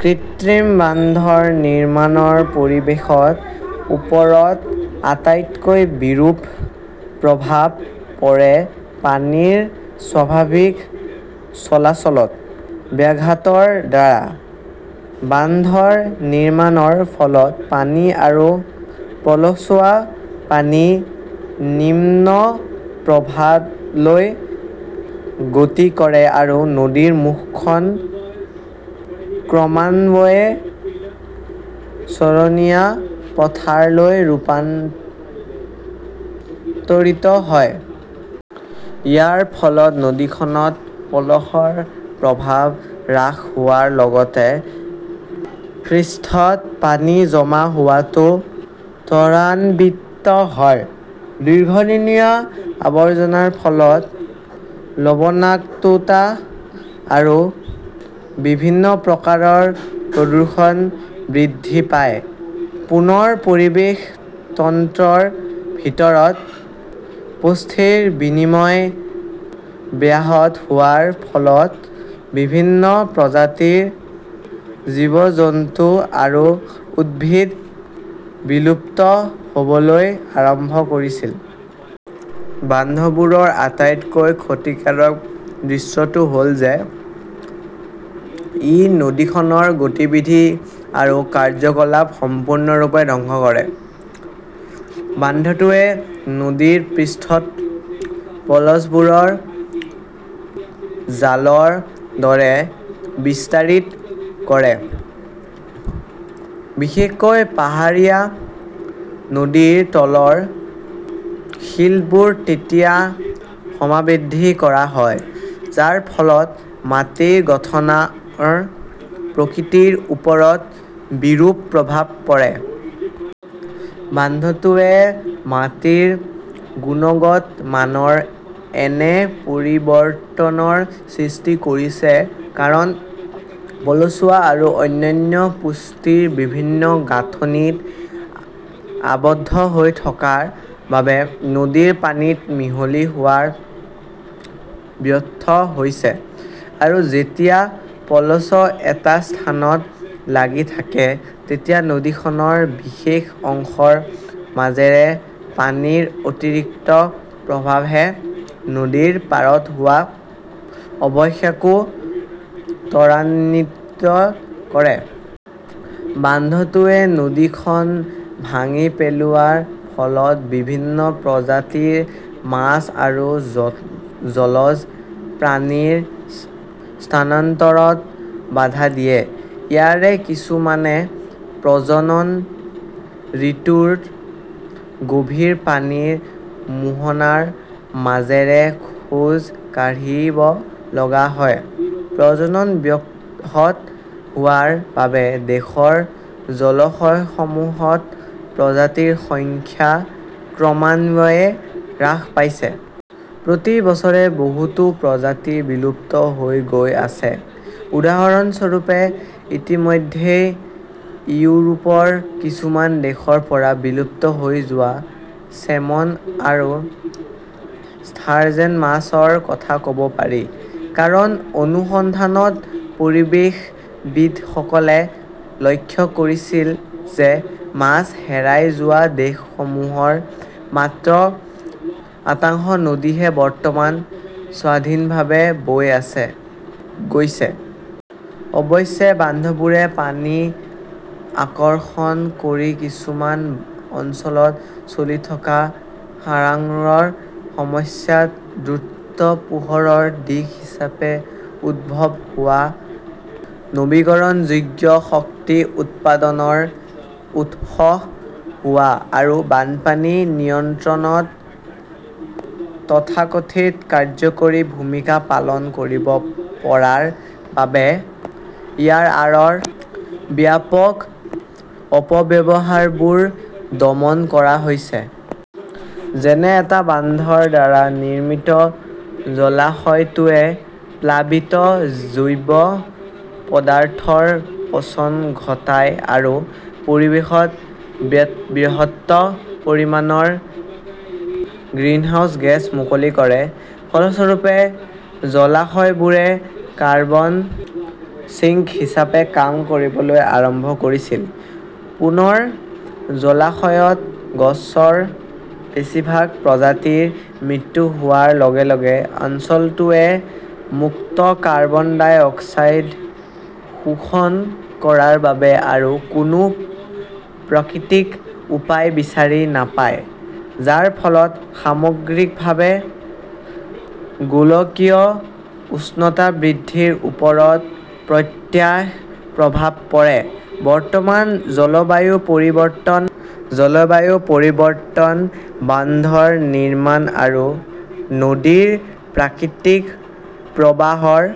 কৃত্ৰিম বান্ধ নিৰ্মাণৰ পৰিৱেশৰ ওপৰত আটাইতকৈ বিৰূপ প্ৰভাৱ পৰে পানীৰ স্বাভাৱিক চলাচলত ব্যাঘাতৰ দ্বাৰা। বান্ধ নিৰ্মাণৰ ফলত পানী আৰু পলসুৱা পানী নিম্ন প্ৰৱাহলৈ গতি কৰে আৰু নদীৰ মুখখন ক্ৰমান্বয়ে চৰণীয়া পথাৰলৈ ৰূপান্তৰিত হয়। ইয়াৰ ফলত নদীখনত পলসৰ প্ৰবাহ হ্ৰাস হোৱাৰ লগতে পৃষ্ঠত পানী জমা হোৱাটো ত্বৰান্বিত হয়। দীৰ্ঘদিনীয়া আৱৰ্জনাৰ ফলত লবণাক্ততা আৰু বিভিন্ন প্ৰকাৰৰ প্ৰদূষণ বৃদ্ধি পায়। পুনৰ পৰিৱেশ তন্ত্ৰৰ ভিতৰত পুষ্টিৰ বিনিময় ব্যাহত হোৱাৰ ফলত বিভিন্ন প্ৰজাতিৰ জীৱ-জন্তু আৰু উদ্ভিদ বিলুপ্ত হ "বলৈ আৰম্ভ কৰিছিল। বান্ধবোৰৰ আটাইতকৈ ক্ষতিকাৰক দিশটো হ 'ল ই নদীখনৰ গতিবিধি আৰু কাৰ্য্যকলাপ সম্পূৰ্ণৰূপে ধ্বংস কৰে। বান্ধটোৱে নদীৰ পৃষ্ঠত পলসবোৰ জালৰ দৰে বিস্তাৰিত কৰে। বিশেষকৈ পাহাৰীয়া নদীৰ তলৰ শিলবোৰ তেতিয়া সমাধিস্থ কৰা হয়, যাৰ ফলত মাটিৰ গঠনৰ প্ৰকৃতিৰ ওপৰত বিৰূপ প্ৰভাৱ পৰে। বান্ধটোৱে মাটিৰ গুণগত মানৰ এনে পৰিৱৰ্তনৰ সৃষ্টি কৰিছে কাৰণ পলসুৱা আৰু অন্যান্য পুষ্টি বিভিন্ন গাঁথনিত আবদ্ধ হৈ থকাৰ বাবে নদীৰ পানীত মিহলি হোৱাত ব্যৰ্থ হৈছে। আৰু যেতিয়া পলস এটা স্থানত লাগি থাকে, তেতিয়া নদীখনৰ বিশেষ অংশৰ মাজেৰে পানীৰ অতিৰিক্ত প্ৰৱাহে নদীৰ পাৰত হোৱা অৱক্ষয়কো ত্বৰান্বিত কৰে। বান্ধটোৱে নদীখন ভাঙি পেলোৱাৰ ফলত বিভিন্ন প্ৰজাতিৰ মাছ আৰু জলজ প্ৰাণীৰ স্থানান্তৰত বাধা দিয়ে। ইয়াৰে কিছুমানে প্ৰজনন ঋতুত গভীৰ পানীৰ মোহনাৰ মাজেৰে খোজ কাঢ়িব লগা হয়। প্ৰজনন ব্যাহত হোৱাৰ বাবে দেশৰ জলাশয়সমূহত প্ৰজাতিৰ সংখ্যা ক্ৰমান্বয়ে হ্ৰাস পাইছে। প্ৰতি বছৰে বহুতো প্ৰজাতি বিলুপ্ত হৈ গৈ আছে। উদাহৰণস্বৰূপে, ইতিমধ্যে ইউৰোপৰ কিছুমান দেশৰ পৰা বিলুপ্ত হৈ যোৱা চেমন আৰু ষ্টাৰজেন মাছৰ কথা ক "ব পাৰি। কাৰণ অনুসন্ধানত পৰিৱেশবিদসকলে লক্ষ্য কৰিছিল যে মাছ হেৰাই যোৱা দেশসমূহৰ মাত্ৰ শতাংশ নদীহে বৰ্তমান স্বাধীনভাৱে বৈ গৈছে। অৱশ্যে, বান্ধবোৰে পানী সংৰক্ষণ কৰি কিছুমান অঞ্চলত চলি থকা খৰাংৰ সমস্যাত দ্ৰুত পোহৰৰ দিশ হিচাপে উদ্ভৱ হোৱা, নৱীকৰণযোগ্য শক্তি উৎপাদনৰ উৎস হোৱা, আৰু বানপানী নিয়ন্ত্ৰণত তথাকথিত কাৰ্যকৰী ভূমিকা পালন কৰিব পাৰাৰ বাবে ইয়াৰ আঁৰৰ ব্যাপক অপব্যৱহাৰবোৰ দমন কৰা হৈছে। যেনে এটা বান্ধৰ দ্বাৰা নিৰ্মিত জলাশয়টোৱে প্লাবিত জৈৱ পদাৰ্থৰ পচন ঘটায় আৰু পৰিৱেশত বৃহৎ পৰিমাণৰ গ্ৰিনহাউজ গেছ মুকলি কৰে। ফলস্বৰূপে, জলাশয়বোৰে কাৰ্বন ছিঙ্ক হিচাপে কাম কৰিবলৈ আৰম্ভ কৰিছিল। পুনৰ জলাশয়ত গছৰ বেছিভাগ প্ৰজাতিৰ মৃত্যু হোৱাৰ লগে লগে, অঞ্চলটোৱে মুক্ত কাৰ্বন ডাই অক্সাইড শোষণ কৰাৰ বাবে আৰু কোনো প্ৰাকৃতিক উপায় বিচাৰি নাপায়, যাৰ ফলত সামগ্ৰিকভাৱে গোলকীয় উষ্ণতা বৃদ্ধিৰ ওপৰত প্ৰত্যক্ষ প্ৰভাৱ পৰে। বৰ্তমান জলবায়ু পৰিৱৰ্তন, বান্ধ নিৰ্মাণ আৰু নদীৰ প্ৰাকৃতিক প্ৰবাহৰ